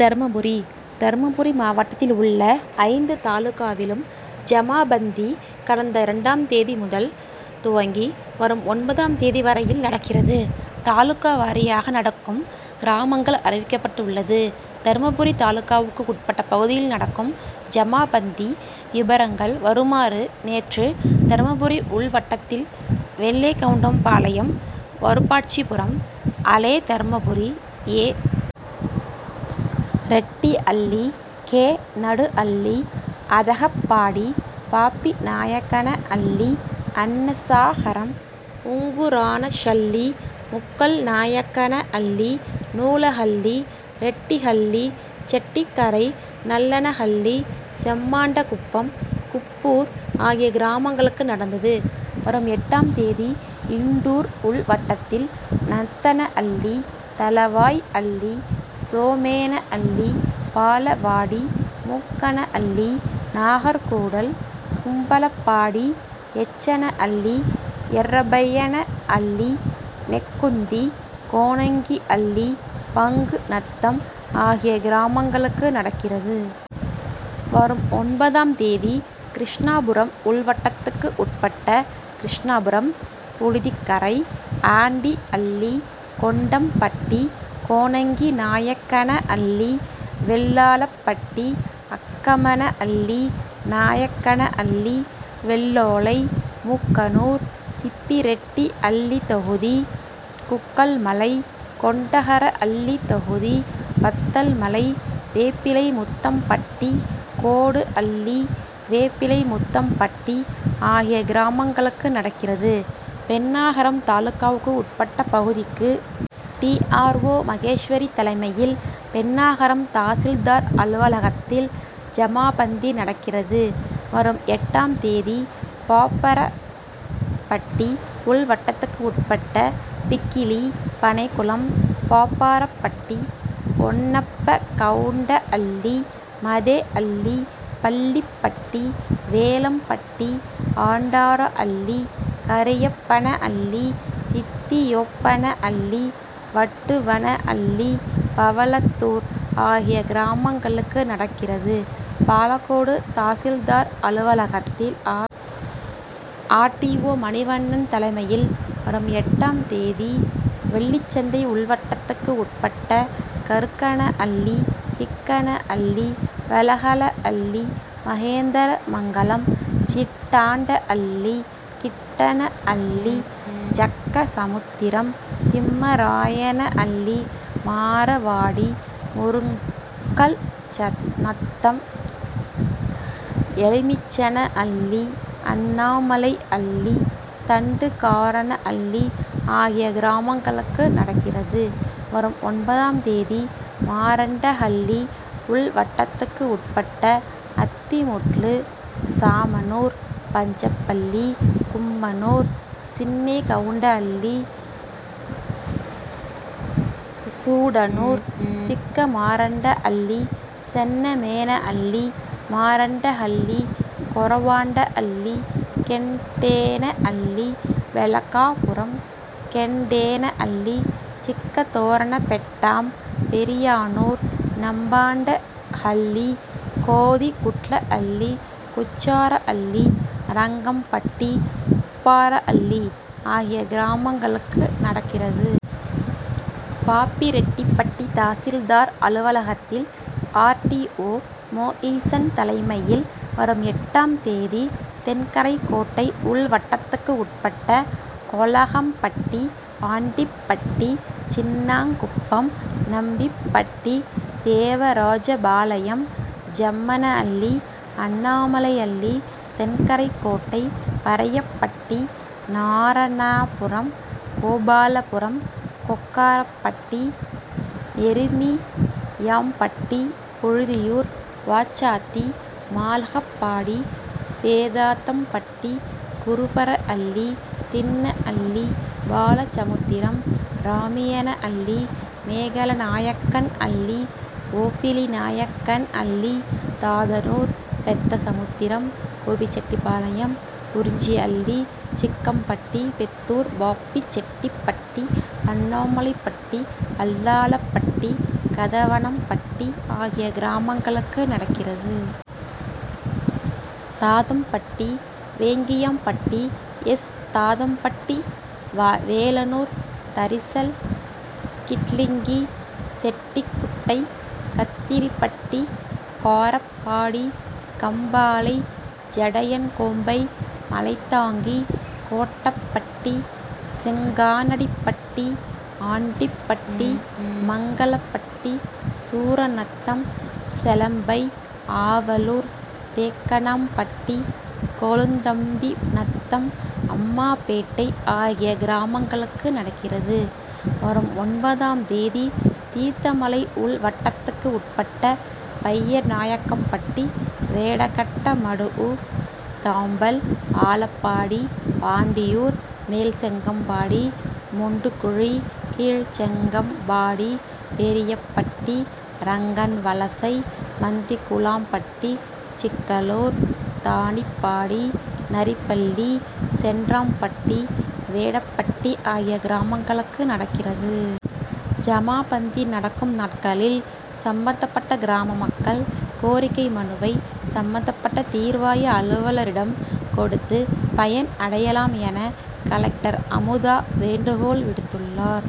தர்மபுரி தர்மபுரி மாவட்டத்தில் உள்ள ஐந்து தாலுகாவிலும் ஜமாபந்தி கடந்த இரண்டாம் தேதி முதல் துவங்கி வரும் ஒன்பதாம் தேதி வரையில் நடக்கிறது. தாலுகா வாரியாக நடக்கும் கிராமங்கள் அறிவிக்கப்பட்டுள்ளது. தர்மபுரி தாலுகாவுக்கு உட்பட்ட பகுதியில் நடக்கும் ஜமாபந்தி விபரங்கள் வருமாறு நேற்று தர்மபுரி உள்வட்டத்தில் வெள்ளேகவுண்டன்பாளையம், வருப்பாட்சிபுரம், அளே தர்மபுரி, ஏ. ரெட்டிஅள்ளி, கே. நடுஅள்ளி, அதகப்பாடி, பாப்பிநாயக்கனஅள்ளி, அன்னசாகரம், உங்குரானஷள்ளி, முக்கல்நாயக்கனஅள்ளி, நூலஹள்ளி, ரெட்டிஹள்ளி, செட்டிக்கரை நல்லனஹள்ளி, செம்மாண்டகுப்பம், குப்பூர் ஆகிய கிராமங்களுக்கு நடந்தது. வரும் எட்டாம் தேதி இண்டூர் உள்வட்டத்தில் நத்தனஅள்ளி, தளவாய் அள்ளி, சோமேனஅள்ளி, பாலவாடி, மூக்கனஅள்ளி, நாகர்கூடல், கும்பளப்பாடி, எச்சனஅள்ளி, எர்ரபையனஅள்ளி, நெக்குந்தி, கோணங்கிஅள்ளி, பங்குநத்தம் ஆகிய கிராமங்களுக்கு நடக்கிறது. வரும் ஒன்பதாம் தேதி கிருஷ்ணாபுரம் உள்வட்டத்துக்கு உட்பட்ட கிருஷ்ணாபுரம், புளுதிக்கரை, ஆண்டிஅள்ளி, கொண்டம்பட்டி, கோணங்கிநாயக்கனஅள்ளி, வெள்ளாளப்பட்டி, அக்கமன அள்ளி, நாயக்கனஅள்ளி, வெள்ளோலை, மூக்கனூர், திப்பிரெட்டிஅள்ளி தொகுதி, குக்கல் மலை, கொண்டகரஅள்ளி தொகுதி, வத்தல்மலை, வேப்பிலைமுத்தம்பட்டி, கோடுஅள்ளி, வேப்பிலைமுத்தம்பட்டி ஆகிய கிராமங்களுக்கு நடக்கிறது. பென்னாகரம் தாலுகாவுக்கு உட்பட்ட பகுதிக்கு டி. ஆர். ஓ., மகேஸ்வரி தலைமையில் பென்னாகரம் தாசில்தார் அலுவலகத்தில் ஜமாபந்தி நடக்கிறது. வரும் எட்டாம் தேதி பாப்பாரப்பட்டி உள் வட்டத்துக்கு உட்பட்ட பிக்கிலி, பனைகுளம், பாப்பாரப்பட்டி, ஒன்னப்பகவுண்டனஅள்ளி, மதேஅள்ளி, பள்ளிப்பட்டி, வேலம்பட்டி, ஆண்டாரஅள்ளி, கரியப்பனஅள்ளி, தித்தியோப்பனஅள்ளி, வட்டுவனஅள்ளி, பவளத்தூர் ஆகிய கிராமங்களுக்கு நடக்கிறது. பாலக்கோடு தாசில்தார் அலுவலகத்தில் ஆர். டி. ஓ., மணிவண்ணன் தலைமையில் வரும் எட்டாம் தேதி வெள்ளிசந்தை உள்வட்டத்துக்கு உட்பட்ட கருக்கனஅள்ளி, பிக்கனஅள்ளி, வெலகலஅள்ளி, மகேந்திரமங்கலம், ஜிட்டாண்டஅள்ளி, கிட்டனஅள்ளி, ஜக்கசமுத்திரம், திம்மராயனஅள்ளி, மாரவாடி, முருக்கல்நத்தம், எலுமிச்சனஅள்ளி, அண்ணாமலை அள்ளி, தண்டுகாரனஅள்ளி, ஆகிய கிராமங்களுக்கு நடக்கிறது. வரும் ஒன்பதாம் தேதி மாரண்டஹள்ளி உள் வட்டத்துக்கு உட்பட்ட அத்திமுட்லு, சாமனூர், பஞ்சப்பள்ளி, கும்மனூர், சின்னேகவுண்டனஅள்ளி, சூடனூர், சிக்கமாரண்டஅள்ளி, சென்னமேனஅள்ளி, மாரண்டஹள்ளி, கொரவாண்டஅள்ளி, கெண்டேனஅள்ளி, பெலகாபுரம், கெண்டேனஅள்ளி, சிக்கதோரணப்பெட்டாம், பெரியானூர், நம்மாண்டஹள்ளி, கோதிகுட்லஅள்ளி, குஜ்ஜாரஅள்ளி, ரங்கம்பட்டி உப்பாரஅள்ளி ஆகிய கிராமங்களுக்கு நடக்கிறது. பாப்பிரெட்டிப்பட்டி தாசில்தார் அலுவலகத்தில் ஆர். டி. ஓ., மோயிசன் தலைமையில் வரும் எட்டாம் தேதி தென்கரைக்கோட்டை உள்வட்டத்துக்கு உட்பட்ட கொளகம்பட்டி, ஆண்டிப்பட்டி, சின்னாங்குப்பம், நம்பிப்பட்டி, தேவராஜபாளையம், ஜம்மனஅள்ளி, அண்ணாமலைஅள்ளி, தென்கரைக்கோட்டை, பறையப்பட்டி, நாரணாபுரம், கோபாலபுரம், கொக்காரப்பட்டி, எருமியாம்பட்டி, புழுதியூர், வாச்சாத்தி, மாலகப்பாடி, பேதாதம்பட்டி, குருபரஅள்ளி, தின்ன அள்ளி, பாலசமுத்திரம், ராமியனஅள்ளி, மேகலநாயக்கன்அள்ளி, ஓபிளிநாயக்கன அள்ளி, தாதனூர், பெத்தசமுத்திரம், கோபிசெட்டிப்பாளையம், துரிஞ்சிஅள்ளி, சிக்கம்பட்டி, பெத்தூர், பாப்பிசெட்டிப்பட்டி, அண்ணாமலைப்பட்டி, அல்லாலப்பட்டி, கதவனம்பட்டி ஆகிய கிராமங்களுக்கு நடக்கிறது. தாதம்பட்டி, வேங்கியாம்பட்டி, எஸ். தாதம்பட்டி, வேலனூர், தரிசல், கிட்லிங்கி, செட்டிக்குட்டை, கத்திரிப்பட்டி, காரப்பாடி, கம்பாலை, ஜடையன்கோம்பை, மலைதாங்கி, கோட்டப்பட்டி, செங்காணடிப்பட்டி, ஆண்டிப்பட்டி, மங்கலப்பட்டி, சூரநத்தம், செலம்பை, ஆவலூர், தேக்கனாம்பட்டி, கொளுந்தம்பி நத்தம், அம்மாபேட்டை ஆகிய கிராமங்களுக்கு நடக்கிறது. வரும் ஒன்பதாம் தேதி தீர்த்தமலை உள் வட்டத்துக்கு உட்பட்ட பையர்நாயக்கம்பட்டி, வேடகட்ட மடுவு, தாம்பல், ஆலப்பாடி, ஆண்டியூர், மேல்செங்கம்பாடி, மொண்டுகுழி, கீழ்செங்கம்பாடி, பெரியப்பட்டி, ரங்கன் வலசை, மந்திகுளாம்பட்டி, சிக்கலூர், தானிப்பாடி, நரிப்பள்ளி, சென்றாம்பட்டி, வேடப்பட்டி ஆகிய கிராமங்களுக்கு நடக்கிறது. ஜமாபந்தி நடக்கும் நாட்களில் சம்பந்தப்பட்ட கிராம மக்கள் கோரிக்கை மனுவை சம்பந்தப்பட்ட தீர்வாய அலுவலரிடம் கொடுத்து பயன் அடையலாம் என கலெக்டர் அமுதா வேண்டுகோள் விடுத்துள்ளார்.